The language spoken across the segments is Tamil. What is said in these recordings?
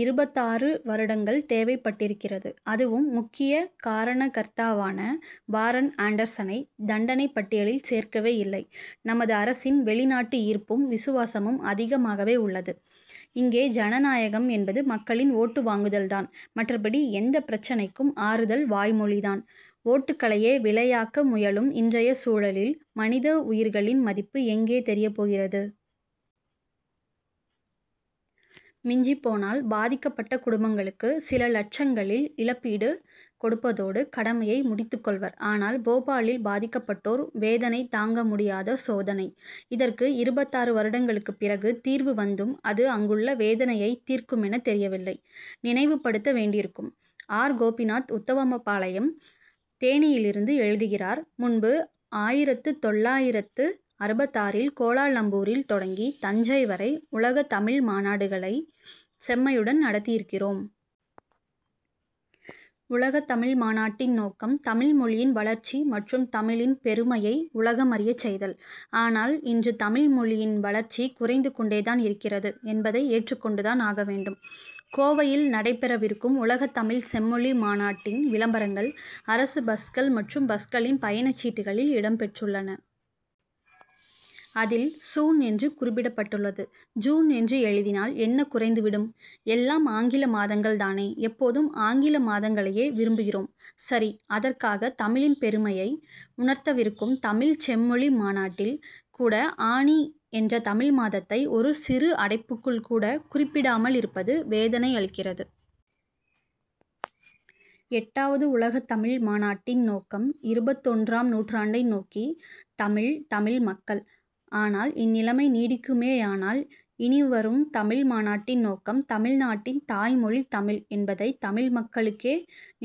இருபத்தாறு வருடங்கள் தேவைப்பட்டிருக்கிறது. அதுவும் முக்கிய காரணகர்த்தாவான வாரன் ஆன்டர்சனை தண்டனைப் பட்டியலில் சேர்க்கவே இல்லை. நமது அரசின் வெளிநாட்டு ஈர்ப்பும் விசுவாசமும் அதிகமாகவே உள்ளது. இங்கே ஜனநாயகம் என்பது மக்களிடம் ஓட்டு வாங்குதல் தான். மற்றபடி எந்தப் பிரச்னைக்கும் ஆறுதல் வாய்மொழி தான்! ஓட்டுக்களையே விலையாக்க முயலும் இன்றைய சூழலில் மனித உயிர்களின் மதிப்பு எங்கே தெரியப் போகிறது? மிஞ்சிப் போனால் பாதிக்கப்பட்ட குடும்பங்களுக்கு சில லட்சங்களில் இழப்பீடு கொடுப்பதோடு கடமையை முடித்துக் கொள்வர். ஆனால் போபாலில் பாதிக்கப்பட்டோர் வேதனை தாங்க முடியாத சோதனை. இதற்கு இருபத்தாறு வருடங்களுக்கு பிறகு தீர்வு வந்தும் அது அங்குள்ள வேதனையை தீர்க்குமென தெரியவில்லை. நினைவுபடுத்த வேண்டியிருக்கும்! ஆர். கோபிநாத் உத்தமபாளையம் தேனியிலிருந்து எழுதுகிறார் முன்பு ஆயிரத்து தொள்ளாயிரத்து அறுபத்தாறில் கோலாலம்பூரில் தொடங்கி தஞ்சை வரை உலகத் தமிழ் மாநாடுகளை செம்மையுடன் நடத்தி இருக்கிறோம். உலகத் தமிழ் மாநாட்டின் நோக்கம் தமிழ் மொழியின் வளர்ச்சி மற்றும் தமிழின் பெருமையை உலகமறியச் செய்தல்! ஆனால் இன்று தமிழ் மொழியின் வளர்ச்சி குறைந்து கொண்டேதான் இருக்கிறது என்பதை ஏற்றுக்கொண்டுதான் ஆக வேண்டும். கோவையில் நடைபெறவிருக்கும் உலகத்தமிழ்ச் செம்மொழி மாநாட்டின் விளம்பரங்கள் அரசு பஸ்கள் மற்றும் பஸ்களின் பயணச் சீட்டுகளில் இடம் பெற்றுள்ளன. அதில் சூன் என்று குறிப்பிடப்பட்டுள்ளது. ஜூன் என்று எழுதினால் என்ன குறைந்து விடும்? எல்லாம் ஆங்கில மாதங்கள் தானே! எப்போதும் ஆங்கில மாதங்களையே விரும்புகிறோம் சரி! அதற்காக தமிழின் பெருமையை உணர்த்தவிருக்கும் தமிழ்ச் செம்மொழி மாநாட்டில் கூட ஆனி என்ற தமிழ் மாதத்தை ஒரு சிறு அடைப்புக்குள் கூட குறிப்பிடாமலிருப்பது வேதனையளிக்கிறது. எட்டாவது உலகத்தமிழ் மாநாட்டின் நோக்கம் இருபத்தொன்றாம் நூற்றாண்டை நோக்கி தமிழ் தமிழ் மக்கள்! ஆனால் இந்நிலைமை நீடிக்குமேயானால் இனிவரும் தமிழ் மாநாட்டின் நோக்கம் தமிழ்நாட்டின் தாய்மொழி தமிழ் என்பதை தமிழ் மக்களுக்கே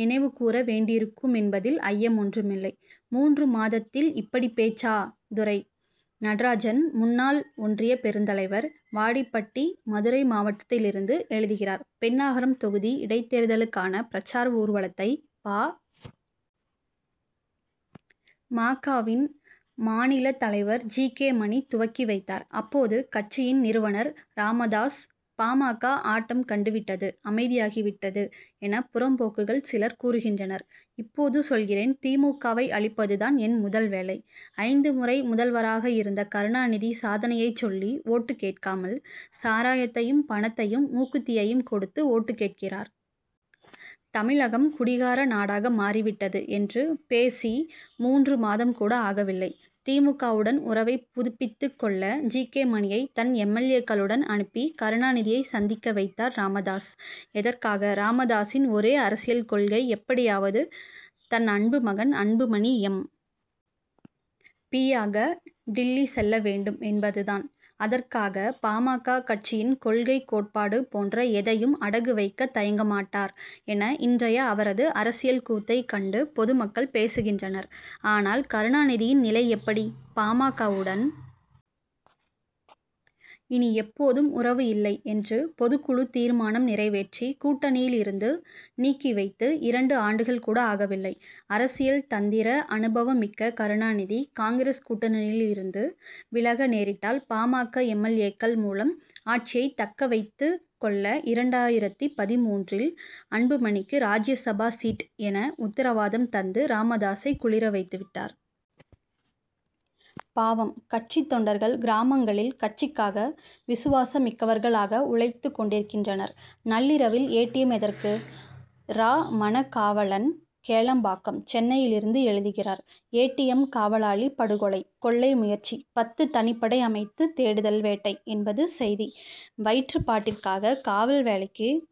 நினைவுகூற வேண்டியிருக்குமென்பதில் ஐயம் ஒன்றுமில்லை. மூன்று மாதத்தில் இப்படிப் பேச்சா? துரை. நடராஜன் முன்னாள் ஒன்றியப் பெருந்தலைவர் வாடிப்பட்டி மதுரை மாவட்டத்திலிருந்து எழுதுகிறார் பென்னாகரம் தொகுதி இடைத்தேர்தலுக்கான பிரசார ஊர்வலத்தை பா. ம. க.வின் மாநில தலைவர் ஜி. கே. மணி துவக்கி வைத்தார். அப்போது கட்சியின் நிறுவனர் ராமதாஸ் பா. ம. க. ஆட்டம் கண்டுவிட்டது அமைதியாகிவிட்டது என புறம்போக்குகள் சிலர் கூறுகின்றனர். இப்போது சொல்கிறேன்தி. மு. க.வை அழிப்பதுதான் என் முதல் வேலை. ஐந்து முறை முதல்வராக இருந்த கருணாநிதி சாதனையைச் சொல்லி ஓட்டு கேட்காமல் சாராயத்தையும் பணத்தையும் மூக்குத்தியையும் கொடுத்து ஓட்டு கேட்கிறார். தமிழகம் குடிகார நாடாக மாறிவிட்டது' என்று பேசி மூன்று மாதம் கூட ஆகவில்லை. தி. மு. க.வுடன் உறவை புதுப்பித்துக் கொள்ள ஜி. கே. மணியை தன் எம். எல். ஏ.க்களுடன் அனுப்பி கருணாநிதியை சந்திக்க வைத்தார் ராமதாஸ். எதற்காக? ராமதாசின் ஒரே அரசியல் கொள்கை எப்படியாவது தன் அன்பு மகன் அன்புமணி எம். பி.யாக டில்லி செல்ல வேண்டும் என்பதுதான்! அதற்காக பா. ம. க. கட்சியின் கொள்கை கோட்பாடு போன்ற எதையும் அடகு வைக்க தயங்க மாட்டார்' என இன்றைய அவரது அரசியல் கூத்தை கண்டு பொதுமக்கள் பேசுகின்றனர். ஆனால் கருணாநிதியின் நிலை எப்படி? பா. ம. க.வுடன் இனி எப்போதும் உறவு இல்லை' என்று பொதுக்குழு தீர்மானம் நிறைவேற்றி கூட்டணியிலிருந்து நீக்கி வைத்து இரண்டு ஆண்டுகள் கூட ஆகவில்லை! அரசியல் தந்திர அனுபவமிக்க கருணாநிதி காங்கிரஸ் கூட்டணியிலிருந்து விலக நேரிட்டால் பா. ம. க. எம். எல். ஏக்கள் மூலம் ஆட்சியை தக்கவைத்துக் கொள்ள இரண்டாயிரத்து பதின்மூன்றில் அன்புமணிக்கு ராஜ்யசபா சீட்' என உத்தரவாதம் தந்து ராமதாசை குளிர வைத்துவிட்டார்! பாவம் கட்சித் தொண்டர்கள்கிராமங்களில் கட்சிக்காக விசுவாசமிக்கவர்களாக உழைத்துக் கொண்டிருக்கின்றனர். நள்ளிரவில் ஏ. டி. எம். எதற்கு? இரா. மனகாவலன் கேளம்பாக்கம் சென்னையிலிருந்து எழுதுகிறார் ஏ. டி. எம். காவலாளி படுகொலை. கொள்ளை முயற்சி. பத்து தனிப்படை அமைத்து தேடுதல் வேட்டை என்பது செய்தி. வயிற்றுப்பாட்டிற்காக காவல் வேலைக்கு